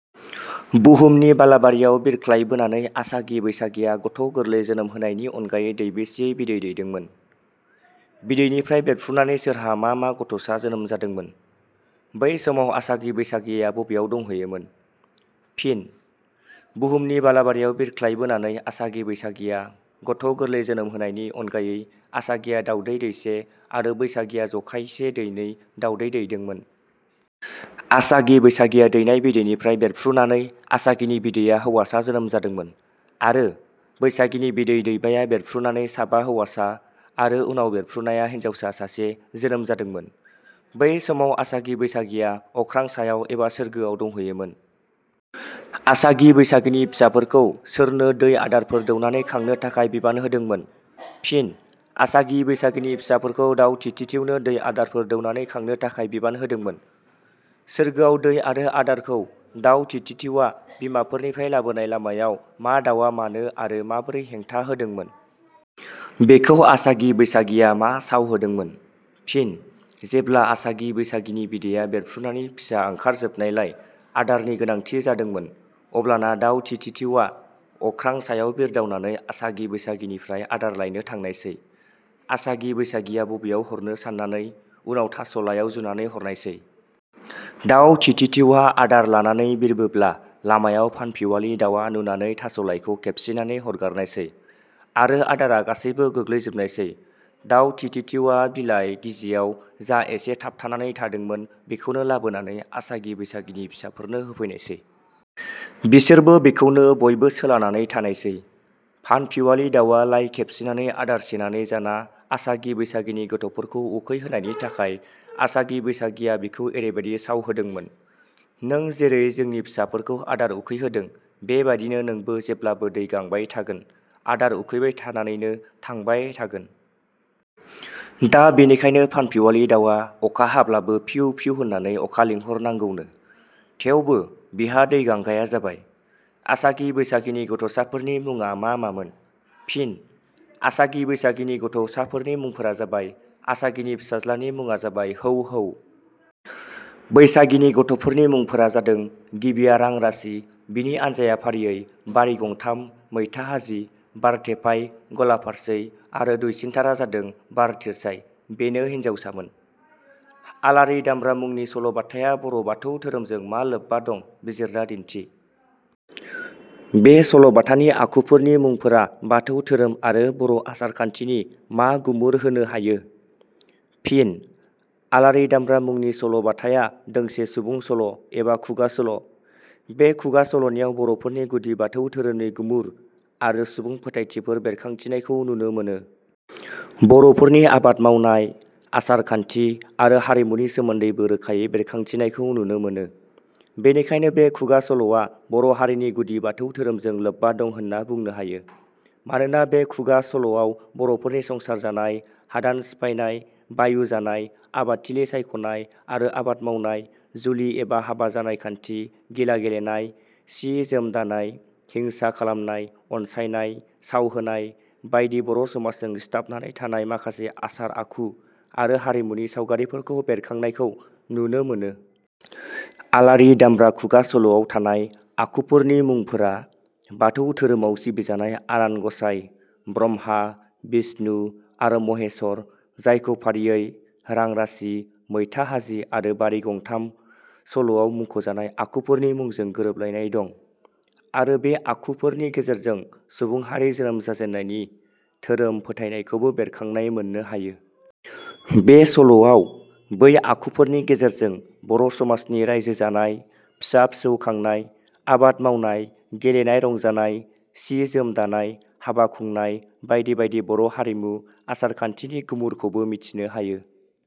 बुहुमनि बालाबारियाव बिरख्लायबोनानै आसागि बैसागिया गथ' गोरलै जोनोम होनायनि अनगायै दैबेसेयै बिदै दैदोंमोन? बिदैनिफ्राय बेरफ्रुनानै सोरहा मा मा गथ'सा जोनोम जादोंमोन? बै समाव आसागि बैसागिया बबेयाव दंहैयोमोन? फिन: बुहुमनि बालाबारियाव बिरख्लायबोनानै आसागि बैसागिया गथ' गोरलै जोनोम होनायनि अनगायै आसागिया दावदै दैसे आरो बैसागिया जखायसे दैनै दावदै दैदोंमोन। आसागि बैसागिया दैनाय बिदैनिफ्राय बेरफ्रुनानै आसागिनि बिदैआ हौवासा जोनोम जादोंमोन आरो बैसागिनि बिदै दैबाया बेरफ्रुनानै साबा हौवासा आरो उनाव बेरफ्रुनाया हिनजावसा सासे जोनोम जादोंमोन। बै समाव आसागि बैसागिया अख्रां सायाव एबा सोर्गोआव दंहैयोमोन।. असागि बैसागिनि फिसाफोरखौ सोरनो दै आदारफोर दौनानै खांनो थाखाय बिबान होदोंमोन? फिनः आसागि बैसागिनि फिसाफोरखौ दाउ थि थि थिउनो दै आदारफोर दौनानै खांनो थाखाय बिबान होदोंमोन्।. सोरगोआव दै आरो आदारखौ दाउ थि थि थिउआ बिमाफोरनिफ्राय लाबोनाय लामायाव मा दाउआ मानो आरो माबोरै हेंथा होदोंमोन? बेखौ आसागि बैसागिया मा साव होदोंमोन? फिनः जेब्ला आसागि बैसागिनि बिदैया बेरफुनानै फिसा ओंखारजोबनायलाय आदारनि गोनांथि जादोंमोन अब्लाना दाउ थि थि जिउआ अख्रां सायाव बिरदावनानै आसागि बैसागिनिफ्राय आदार लायनो थांनायसै। आसागि बैसागिया बबेयाव हरनो साननानै उनाव थास'लाइयाव जुनानै हरनायसै। दाउ थि थि थिउआ आदार लानानै बिरबोब्ला लामायाव फानफिवालि दाउआ नुनानै थास'लाइखौ खेबसिनानै हरगारनायसै आरो आदारा गासैबो गोग्लैजोबनायसै। दाउ थि थि थिउआ बिलाइ गिजियाव जा इसे थाबथानानै थादोंमोन बेखौनो लाबोनानै आसागि बैसागिनि फिसाफोरनो होफैनायसै। बिसोरबो बेखौनो बयबो सोलानानै थानायसै। फानफिवालि दाउआ लाइ खेबसिनानै आदार सेनानै जाना आसागि बैसागिनि गथ'फोरखौ उखै होनायनि थाखाय आसागि बैसागिया बिखौ एरैबादि साव होददोंमोन- "नों जेरै जोंनि फिसाफोरखौ आदार उखैहोदों बेबादिनो नोंबो जेब्लाबो दै गांबाय थागोन, आदार उखैबाय थानानैनो थांबाय थागोन"। दा बेनिखायनो फानफिवालि दाउवा अखा हाब्लाबो फिउ फिउ होननानै अखा लिंहर नांगौनो। थेवबो बिहा दै गांगाया जाबाय।. आसागि बैसागिनि गथ'साफोरनि मुङा मा मामोन? फिन: आसागि बैसागिनि गथ'साफोरनि मुंफोरा जाबाय- आसागिनि फिसाज्लानि मुङा जाबाय "हौ हौ"। बैसागिनि गथ'फोरनि मुंफोरा जादों गिबिया रांरासि, बिनि आनजाइया फारियै बारिगंथाम, मैथा हाजि, बारथेफाइ, गलाफारसै आरो दुइसिनथारा जादों बार थिरसाइ, बेनो हिनजावसामोन।. आलारि दामब्रा मुंनि सल' बाथाया बर' बाथौ धोरोमजों मा लोब्बा दं बिजिरना दिन्थि। बे सल' बाथानि आखुफोरनि मुंफोरा बाथौ धोरोम आरो बर' आसार खान्थिनि मा गुमुर होनो हायो? फिनः "आलारि दामब्रा" मुंनि सल' बाथाया दोंसे सुबुं सल' एबा खुगा सल'। बे खुगा सल'निआव बर'फोरनि गुदि बाथौ धोरोमनि गुमुर आरो सुबुं फोथायथिफोर बेरखांथिनायखौ नुनो मोनो। बर'फोरनि आबाद मावनाय, आसार खान्थि आरो हारिमुनि सोमोन्दैबो रोखायै बेरखांथिनायखौ नुनो मोनो। बेनिखायनो बे खुगा सल'आ बर' हारिनि गुदि बाथौ धोरोमजों लेब्बा दं होनना बुंनो हायो। मानोना बे खुगा सल'आव बर'फोरनि संसार जानाय, हादान सिफायनाय, बायु जानाय, आबादथिलि सायख'नाय आरो आबाद मावनाय, जुलि एबा हाबा जानाय खान्थि, गिला गेलेनाय, सि जोम दानाय, हिंसा खखालामनाय, अनसायनय, सावहोनाय बायदि बर' समाजजों सिथाबनानै थानाय माखसे आसार आखु आरो हारिमुनि सावगारिफोरखौ बेरखांनायखौ नुनो मोनो। "आलारि दामब्रा" खुगा सल'आव थानाय आखुफोरनि मुंफोरा बाथौ धोरोमआव सिबिजानाय आनान गसाइ ब्रह्मा, बिष्णु आरो महेश्वर जायखौ फारियै रां-रासि, मैथाहाजि आरो बारि खनथाय सल'आव मुंखजानाय आखुफोरनि मुंजों गोरोबलायनाय दं। आरो बे आखु फोरनि गेजेरजों सुबुं हारि जोनोम जाजेननायनि धोरोम फोथायनायखौबो बेरखांनाय मोननो हायो। बे सल'आव बै आखुफोरनि गेजेरजों बर' समाजनि रायजो जांनाय, फिसा-फिसौ खांनाय, आबाद मावनाय, गेलेनाय रंजानाय, सि जोम दानाय, हाबा खुंनाय बायदि बायदि बर' हारिमु आसार खान्थिनि गुमुरखौबो मिथिनो हायो।.